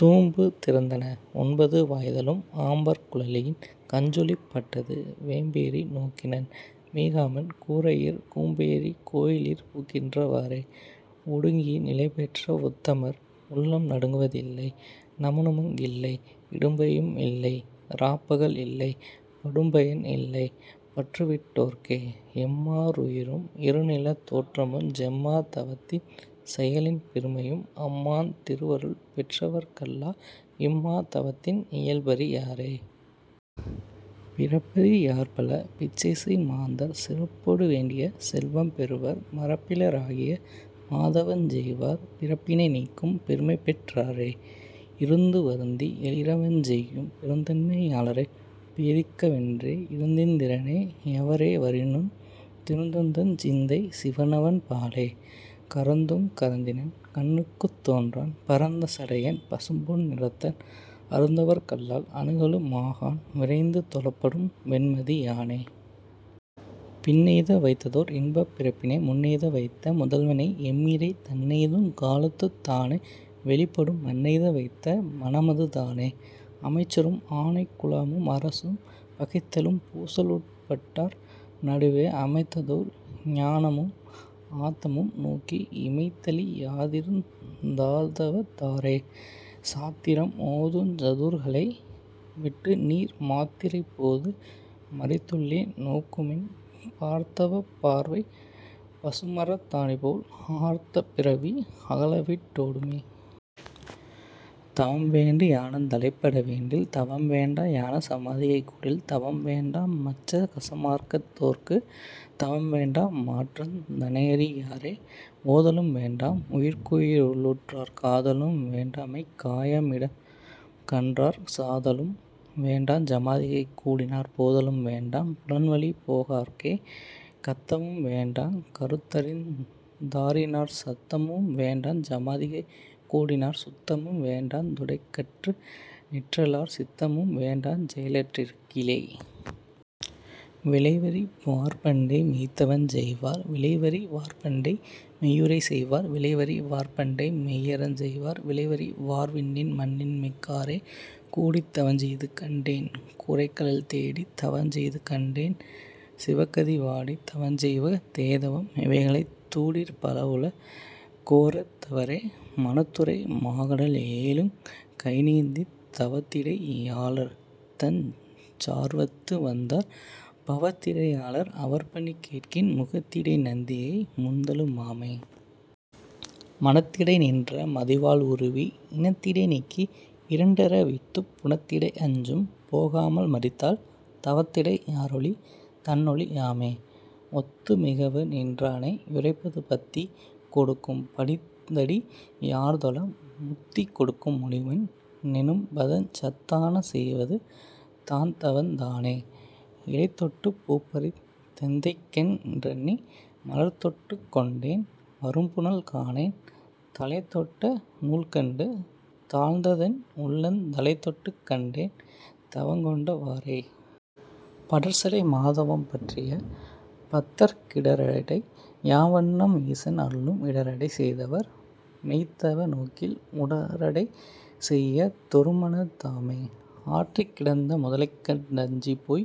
தூம்பு திறந்தன ஒன்பது வாய்தலும் ஆம்பற் குழலியின் கஞ்சுளிப் பட்டது வேம்பேறி நோக்கினன் மீகாமன் கூரையிற் கூம்பேறிக் கோயிலிற் பூக்கின்ற வாறே. ஒடுங்கி நிலைபெற்ற வுத்தமர் உள்ளம் நடுங்குவ தில்லை நமனுமங் கில்லை இடும்பையும் இல்லை இராப்பகல் இல்லை படும்பயன் இல்லை பற்றுவிட் டோர்க்கே. எம்மா ருயிரும் இருநிலத் தோற்றமுஞ் செம்மா தவத்தின் செயலின் பெருமையும் அம்மான் திருவருள் பெற்றவர்க் கல்லா இம்மா தவத்தின் இயல்பறி யாரே. பிறப்பறி யார்பல பிச்சைசெய் மாந்தர் சிறப்பொடு வேண்டிய செல்வம் பெறுவர் மறப்பில ராகிய மாதவஞ் செய்வார் பிறப்பினை நீக்கும் பெருமைபெற் றாரே. இருந்து வருந்தி எழிறவஞ் செய்யும் பெருந்தன்மை யாளரைப் பேதிக்க வென்றே இருந்திந் திரனே யெவரே வரினுந் திருந்துந்தஞ் சிந்தை சிவனவன் பாலே. கரந்துங் கரந்திலன் கண்ணுக்குந் தோன்றான் பரந்த சடையன் பசும்பொன் நிறத்தன் அருந்தவர்க் கல்லால் அணுகலு மாகான் விரைந்து தொழப்படும் வெண்மதி யானே. பின்னெய்த வைத்ததோர் இன்பப் பிறப்பினை முன்னெய்த வைத்த முதல்வனை எம்மிறை தன்னெய்துங் காலத்துத் தானே வெளிப்படும் மன்னெய்த வைத்த மனமது தானே. அமைச்சரும் ஆனைக் குழாமும் அரசும் பகைத்தெழும் பூசலுட் பட்டார் நடுவே அமைத்ததோர் ஞானமும் ஆத்தமும் நோக்கி இமைத்தழி யாதிருந் தார்தவத் தாரே. சாத்திரம் ஓதுஞ் சதுர்களை விட்டுநீர் மாத்திரைப் போது மறித்துள்ளே நோக்குமின் பார்த்தவப் பார்வை பசுமரத் தாணிபோல் ஆர்த்த பிறவி அகலவிட் டோடுமே. தவம்வேண்டு ஞானந் தலைபட வேண்டில் தவம்வேண்டா ஞான சமாதிகை கூடில் தவம்வேண்டா மச்ச கசமார்க்கத் தோர்க்கு தவம்வேண்டா மாற்றந் தனையறி யாரே. ஓதலும் வேண்டாம் உயிர்க்குயி ருள்ளுற்றாற் காதலும் வேண்டாமெய்க் காய மிடம்கண்டாற் சாதலும் வேண்டாஞ் சமாதிகை கூடினாற் போதலும் வேண்டாம் புலன்வழி போகார்க்கே. கத்தவும் வேண்டாங் கருத்தறிந் தாறினாற் சத்தமும் வேண்டாஞ் சமாதிகை கூடினாற் சுத்தமும் வேண்டாந் துடக்கற்று நிற்றலாற் சித்தமும் வேண்டாஞ் செயலற்றிருக்கிலே. விளைவறி வார்பண்டை மெய்த்தவஞ் செய்வார் விளைவறி வார்பண்டை மெய்யுரை செய்வார் விளைவறி வார்பண்டை மெய்யறஞ் செய்வார் விளைவறி வார்விண்ணின் மண்ணின்மிக் காரே. கூடித் தவஞ்செய்து கண்டேன் குரைகழல் தேடித் தவஞ்செய்து கண்டேன் சிவகதி வாடித் தவஞ்செய்வ தேதவம் இவைகளைந் தூடிற் பலவுல கோரெத் தவரே. மனத்துரை மாகடல் ஏழுங் கைநீந்தித் தவத்திடை யாளர்தஞ் சார்வத்து வந்தார் பவத்திடை யாளர் அவர்பணி கேட்கின் முகத்திடை நந்தியை முந்தலு மாமே. மனத்திடை நின்ற மதிவாள் உருவி இனத்திடை நீக்கி இரண்டற வீர்த்துப் புனத்திடை அஞ்சும் போகாமல் மறித்தால் தவத்திடை யாறொளி தன்னொளி யாமே. ஒத்து மிகவு நின்றானை யுரைப்பது பத்தி கொடுக்கும் பணிந்தடி யார்தொழ முத்தி கொடுக்கும் முனிவன் னெனும்பதஞ் சத்தான செய்வது தான்தவந் தானே. இலைதொட்டுப் பூப்பறித் தெந்தைக்கென் றெண்ணி மலர்தொட்டுக் கொண்டேன் வரும்புனல் காணேன் தலைதொட்ட நூல்கண்டு தாழ்ந்ததென் உள்ளந் தலைதொட்டுக் கண்டேன் தவங்கொண்ட வாறே. படர்சடை மாதவம் பற்றிய பத்தர்க் கிடரடை யாவண்ணம் ஈசன் அருளும் இடரடை செய்தவர் மெய்த்தவ நோக்கில் உடரடை செய்வ தொருமனத் தாமே. ஆற்றிக் கிடந்த முதலைகண் டஞ்சிப்போய்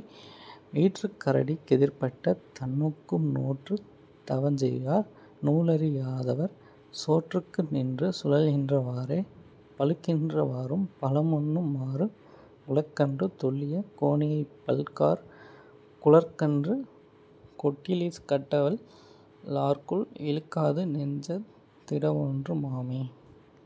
ஈற்றுக் கரடிக் கெதிர்ப்பட்ட தன்னொக்கும் நோற்றுத் தவஞ்செய்யார் நூலறி யாதவர் சோற்றுக்கு நின்று சுழல்கின்ற வாறே. பழுக்கின்ற வாறும் பழமுண்ணு மாறுங் குழக்கன்று துள்ளியக் கோணியைப் பல்காற் குழக்கன்று கொட்டிலிற் கட்டவல் லார்க்குள் இழுக்காது நெஞ்சத் திடவொன்று மாமே.